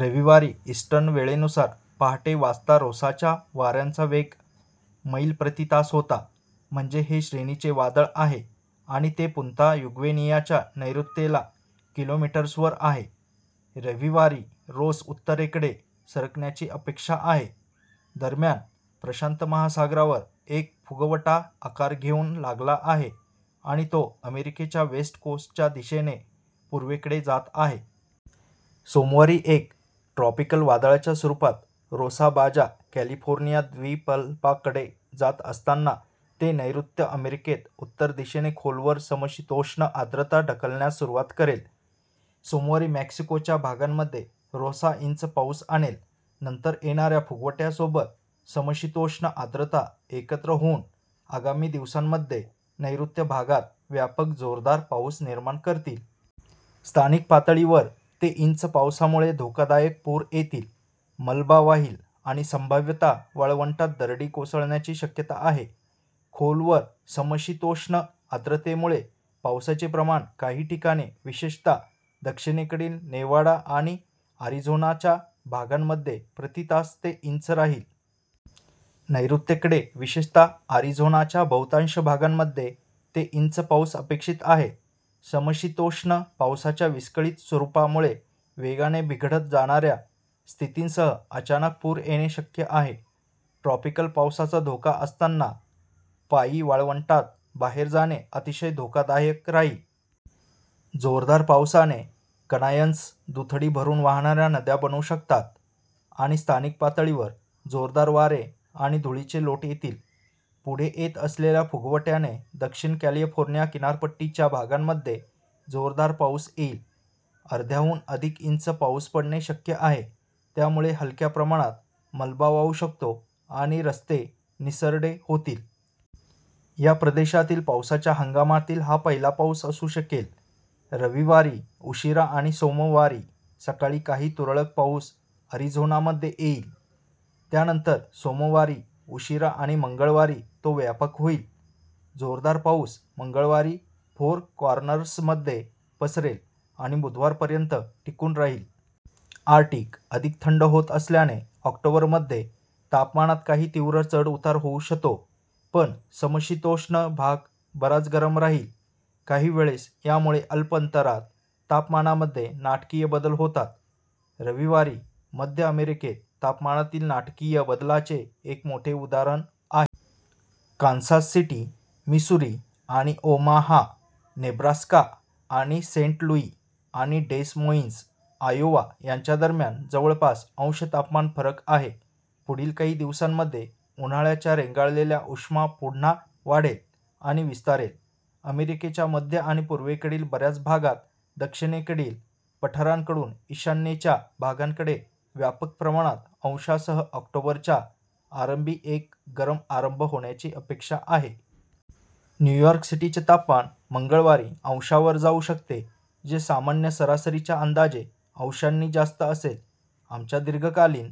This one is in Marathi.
रविवारी ईस्टर्न वेळेनुसार पहाटे वाजता रोसाच्या वाऱ्यांचा वेग मैल प्रति तास होता, म्हणजे हे श्रेणी चे वादळ आहे आणि ते पुन्ता युग्वेनियाच्या नैऋत्येला किलोमीटर्सवर आहे. रविवारी रोस उत्तरकडे सरकण्याची अपेक्षा आहे. दरम्यान, प्रशांत महासागरावर एक फुगवटा आकार घेऊ लागला आहे आणि तो अमेरिकेच्या वेस्ट कोस्टच्या दिशेने पूर्वेकडे जात आहे. सोमवारी एक ट्रॉपिकल वादळाच्या स्वरुपात रोसा बाजा कॅलिफोर्निया द्वीपकल्पाकडे जात असताना ते नैऋत्य अमेरिकेत उत्तर दिशेने खोलवर समशीतोष्ण आर्द्रता ढकलण्यास सुरुवात करेल. सोमवारी मेक्सिकोच्या भागांमध्ये रोसा इंच पाऊस आणेल. नंतर, येणाऱ्या फुगवट्यासोबत समशीतोष्ण आर्द्रता एकत्र होऊन आगामी दिवसांमध्ये नैऋत्य भागात व्यापक जोरदार पाऊस निर्माण करतील. स्थानिक पातळीवर ते इंच पावसामुळे धोकादायक पूर येतील, मलबा वाहील आणि संभाव्यतः वाळवंटात दरडी कोसळण्याची शक्यता आहे. खोलवर समशीतोष्ण आर्द्रतेमुळे पावसाचे प्रमाण काही ठिकाणी, विशेषतः दक्षिणेकडील नेवाडा आणि अरिझोनाच्या भागांमध्ये प्रति तास ते इंच राहील. नैऋत्येकडे विशेषतः, अरिझोनाच्या बहुतांश भागामध्ये ते इंच पाऊस अपेक्षित आहे. समशीतोष्ण पावसाच्या विस्कळीत स्वरुपामुळे वेगाने बिघडत जाणाऱ्या स्थितींसह अचानक पूर येणे शक्य आहे. ट्रॉपिकल पावसाचा धोका असताना पायी वाळवंटात बाहेर जाणे अतिशय धोकादायक राहील. जोरदार पावसाने कनायन्स दुथडी भरुन वाहणाऱ्या नद्या बनू शकतात आणि स्थानिक पातळीवर जोरदार वारे आणि धुळीचे लोट येतील. पुढे येत असलेल्या फुगवट्याने दक्षिण कॅलिफोर्निया किनारपट्टीच्या भागांमध्ये जोरदार पाऊस येईल. अर्ध्याहून अधिक इंच पाऊस पडणे शक्य आहे, त्यामुळे हलक्या प्रमाणात मलबा वाहू शकतो आणि रस्ते निसरडे होतील. या प्रदेशातील पावसाच्या हंगामातील हा पहिला पाऊस असू शकेल. रविवारी उशिरा आणि सोमवारी सकाळी काही तुरळक पाऊस अरिझोनामध्ये येईल, त्यानंतर सोमवारी उशिरा आणि मंगळवारी तो व्यापक होईल. जोरदार पाऊस मंगळवारी फोर कॉर्नर्समध्ये पसरेल आणि बुधवारपर्यंत टिकून राहील. आर्क्टिक अधिक थंड होत असल्याने ऑक्टोबरमध्ये तापमानात काही तीव्र चढउतार होऊ शतो, पण समशीतोष्ण भाग बराच गरम राहील. काहीवेळेस यामुळे अल्प अंतरात तापमानामध्ये नाटकीय बदल होतात. रविवारी मध्य अमेरिकेत तापमानातील नाटकीय बदलाचे एक मोठे उदाहरण आहे. कान्सास सिटी, मिसुरी, आणि ओमाहा, नेब्रास्का, आणि सेंट लुई आणि डेस मोईन्स, आयोवा यांच्या दरम्यान जवळपास अंश तापमान फरक आहे. पुढील काही दिवसांमध्ये, उन्हाळ्याचा रेंगाळलेला उष्मा पुन्हा वाढेल आणि विस्तारेल. अमेरिकेच्या मध्य आणि पूर्वेकडील बऱ्याच भागात दक्षिणेकडील पठारांकडून ईशान्येच्या भागांकडे व्यापक प्रमाणात अंशांसह ऑक्टोबरच्या आरंभी एक गरम आरंभ होण्याची अपेक्षा आहे. न्यू यॉर्क सिटीचे तापमान मंगळवारी अंशांवर जाऊ शकते, जे सामान्य सरासरीच्या अंदाजे अंशांनी जास्त असेल. आमच्या दीर्घकालीन